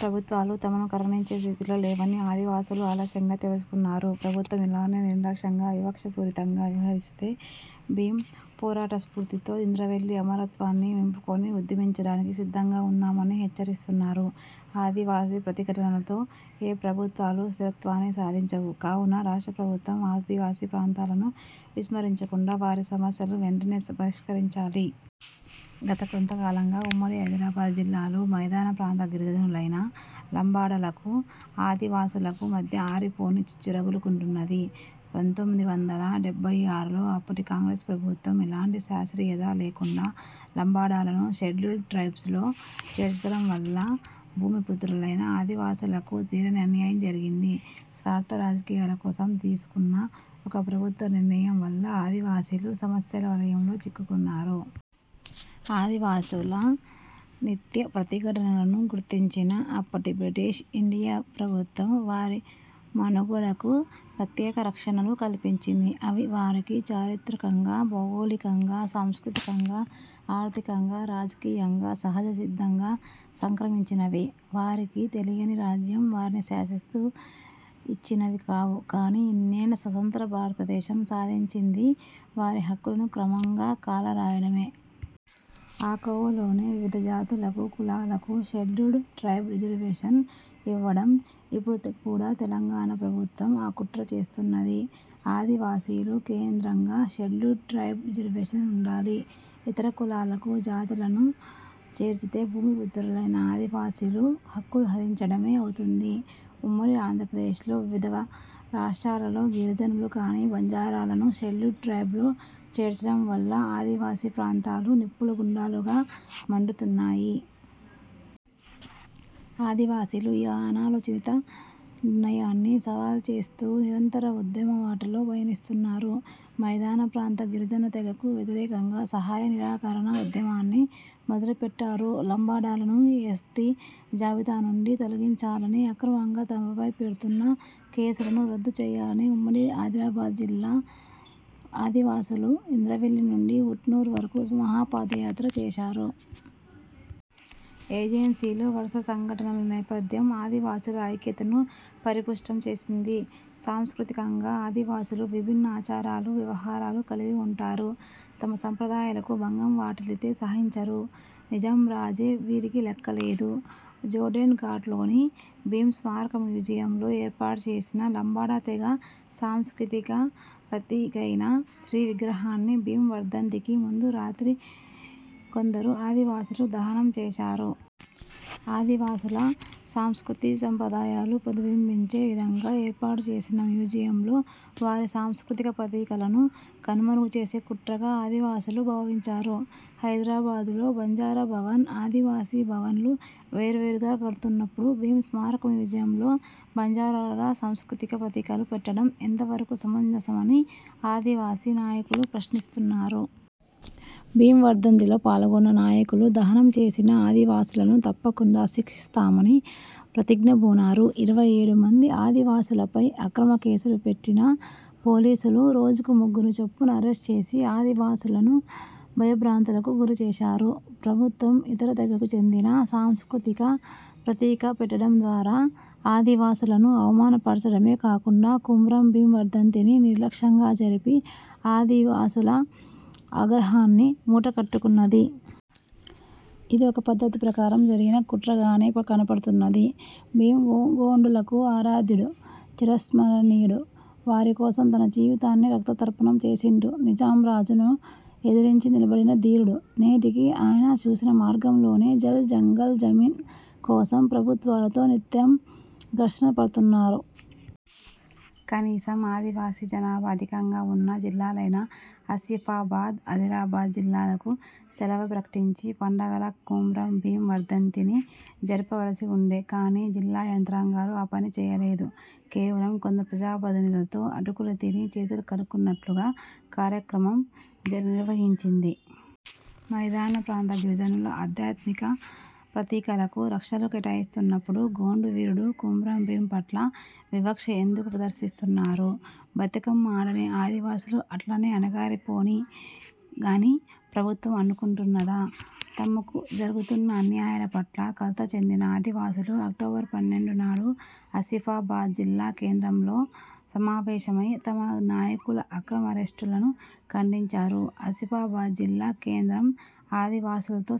ప్రభుత్వాలు తమను కరుణించే స్థితిలో లేవని ఆదివాసులు ఆలస్యంగా తెలుసుకున్నారు. ప్రభుత్వం ఇలాగే నిర్లక్ష్యంగా, వివక్ష పూరితంగా వ్యవహరిస్తే, భీం పోరాట స్ఫూర్తితో ఇంద్రవెల్లి అమరత్వాన్ని నింపుకొని ఉద్యమించడానికి సిద్ధంగా ఉన్నామని హెచ్చరిస్తున్నారు. ఆదివాసీ ప్రతిఘటనలతో ఏ ప్రభుత్వాలు స్థిరత్వాన్ని సాధించవు. కావున రాష్ట్ర ప్రభుత్వం ఆదివాసీ ప్రాంతాలను విస్మరించకుండా వారి సమస్యలు వెంటనే పరిష్కరించాలి. గత కొంత కాలంగా ఉమ్మడి ఆదిలాబాద్ జిల్లాలో మైదాన ప్రాంత గిరిజనులైన లంబాడాలకు ఆదివాసులకు మధ్య ఆరిపోని చిచ్చు రగులుకుంటున్నది. పంతొమ్మిది వందల డెబ్బై ఆరులో అప్పటి కాంగ్రెస్ ప్రభుత్వం ఎలాంటి శాస్త్రీయత లేకుండా లంబాడాలను షెడ్యూల్డ్ ట్రైబ్స్ లో చేర్చడం వల్ల భూమి పుత్రులైన ఆదివాసులకు తీరని అన్యాయం జరిగింది స్వార్థ రాజకీయాల కోసం తీసుకున్న ''ఒక ప్రభుత్వ నిర్ణయం'' వల్ల ఆదివాసులు సమస్యల వలయంలో చిక్కుకున్నారు. ఆదివాసుల నిత్య ప్రతిఘటనలను గుర్తించిన అప్పటి బ్రిటిష్ ఇండియా ప్రభుత్వం వారి మనుగడకు ప్రత్యేక రక్షణలు కల్పించింది. అవి వారికి చారిత్రకంగా, భౌగోళికంగా, సాంస్కృతికంగా, ఆర్థికంగా, రాజకీయంగా సహజ సిద్ధంగా సంక్రమించినవే. వారికి తెలియని రాజ్యం వారిని శాసిస్తూ ఇచ్చినవి కావు. కాని ఇన్నేళ్ల స్వతంత్ర భారతదేశం సాధించింది వారి హక్కులను క్రమంగా కాలరాయడమే. ఆ కోవలోనే వివిధ జాతులకు, కులాలకు షెడ్యూల్డ్ ట్రైబ్ రిజర్వేషన్ ఇవ్వడం. ఇపుడు కూడా తెలంగాణ ప్రభుత్వం ఆ కుట్ర చేస్తున్నది. ఆదివాసీలు కేంద్రంగా షెడ్యూల్డ్ ట్రైబ్ రిజర్వేషన్ ఉండాలి. ఇతర కులాలను, జాతులను చేర్చితే భూమి పుత్రులైన ఆదివాసుల హక్కులు హరించడమే అవుతుంది. ఉమ్మడి ఆంధ్రప్రదేశ్లో, వివిధ రాష్ట్రాలలో గిరిజనులు కాని బంజారాలను షెడ్యూల్డ్ ట్రైబ్లో చేర్చడంవల్ల ఆదివాసీ ప్రాంతాలు నిప్పుల గుండాలుగా మండుతున్నాయి. ఆదివాసులు ఈ అనాలోచిత నిర్ణయాన్ని సవాల్ చేస్తూ నిరంతర ఉద్యమ బాటలో పయనిస్తున్నారు. మైదాన ప్రాంత గిరిజన తెగకు వ్యతిరేకంగా 'సహాయ నిరాకరణ ఉద్యమాన్ని' మొదలుపెట్టారు. 'లంబాడాలను యస్. టి జాబితా నుండి తొలగించాలని', అక్రమంగా తమపై పెడుతున్న కేసులను రద్దు చేయాలని ఉమ్మడి ఆదిలాబాద్ జిల్లా ఆదివాసులు ఇంద్రవెల్లి నుండి ఊట్నూర్ వరకు 'మహా పాదయాత్ర' చేశారు. ఏజెన్సీలో 'వరస సంఘటనల నేపథ్యం' ఆదివాసుల ఐక్యతను పరిపుష్టం చేసింది. సాంస్కృతికంగా ఆదివాసులు విభిన్న ఆచారాలు, వ్వవహారాలు కలిగి ఉంటారు. తమ సంప్రదాయాలకు భంగం వాటిల్లితే సహించరు. ''నిజాం రాజే'' వీరికి లెక్కలేదు. జోడెన్ ఘాట్లోని భీం స్మారక మ్యూజియంలో ఏర్పాటుచేసిన లంబాడా తెగ సాంస్కృతిక ప్రతీకైన స్త్రీ విగ్రహాన్ని భీం వర్ధంతికి ముందు రాత్రి కొందరు ఆది వాసులు దహనం చేశారు. ఆదివాసుల సంస్కృతీ సంప్రదాయాలు ప్రతిబింబించే విధంగా ఏర్పాటు చేసిన మ్యూజియంలో వారి సాంస్కృతిక ప్రతీకలను కనుమరుగు చేసే కుట్రగా ఆదివాసులు భావించారు. ''హైదరాబాదులో 'బంజార భవన్', 'ఆదివాసి భవన్'లు వేరు వేరుగా కడుతున్నపుడు భీం స్మారక మ్యూజియంలో బంజారాల సాంస్కృతిక ప్రతీకలు పెట్టడం ఎంతవరకు సమంజసమని'' ఆదివాసీ నాయకులు ప్రశ్నిస్తున్నారు. భీం వర్ధంతిలో పాల్గొన్న నాయకులు దహనం చేసిన ఆదివాసులను తప్పకుండా శిక్షిస్తామని ప్రతిజ్ఞ బూనారు. ఇరవై ఏడు మంది ఆదివాసులపై అక్రమ కేసులు పెట్టిన పోలీసులు రోజుకు ముగ్గురు చొప్పున అరెస్టు చేసి ఆదివాసులను భయ భ్రాంతులకు గురిచేశారు. ప్రభుత్వం ఇతర తెగకు చెందిన సాంస్కృతిక ప్రతీక పెట్టడం ద్వారా ఆదివాసులను అవమాన పర్చడమే కాకుండా కుమ్రం భీం వర్ధంతిని నిర్లక్ష్యంగా జరిపి, ఆదివాసుల ఆగ్రహాన్ని మూటకట్టుకున్నది. ఇది ఒక పద్ధతి ప్రకారం జరిగిన కుట్రగానే కనపడుతున్నది. భీం గు గోండులకు ఆరాధ్యుడు, చిరస్మరణీయుడు. వారి కోసం తన జీవితాన్ని రక్త తర్పణం చేసిండు. నిజాం రాజును ఎదిరించి నిలబడిన ధీరుడు. నేటికి ఆయన చూపిన మార్గంలోనే జల్, జంగల్, జమీన్ కోసం ప్రభుత్వాలతో నిత్యం ఘర్షణ పడుతున్నారు. కనీసం ఆదివాసీ జనాభా అధికంగా ఉన్న జిల్లాలైన ఆసిఫాబాద్, ఆదిలాబాద్ జిల్లాలకు సెలవు ప్రకటించి పండగలా కుమ్రం భీం వర్ధంతిని జరుపవలసి ఉండే. కాని, జిల్లా యంత్రాంగాలు ఆ పని చేయలేదు. కేవలం కొందరు ప్రజా ప్రతినిధులతో ''అటుకులు తిని చేతులు కడుక్కున్నట్లుగా'' కార్యక్రమం నిర్వహించింది. మైదాన ప్రాంత గిరిజనుల ఆధ్యాత్మిక ప్రతీకలకు లక్షలు కేటాయిస్తున్నపుడు గోండు వీరుడు కుమ్రం భీం పట్ల వివక్ష ఎందుకు ప్రదర్శిస్తున్నారు? బతుకమ్మ ఆడని ఆదివాసులు అట్లనే అణగారి పోనీ గాని ప్రభుత్వం అనుకుంటున్నదా? తమకు జరుగుతున్న అన్యాయాల పట్ల కలత చెందిన ఆదివాసులు అక్టోబర్ పన్నెండు నాడు ఆసిఫాబాద్ జిల్లా కేంద్రంలో సమావేశమై తమ నాయకుల అక్రమ అరెస్టులను ఖండించారు ఆసిఫాబాద్ జిల్లా కేంద్రం ఆదివాసులతో సంద్రమైంది.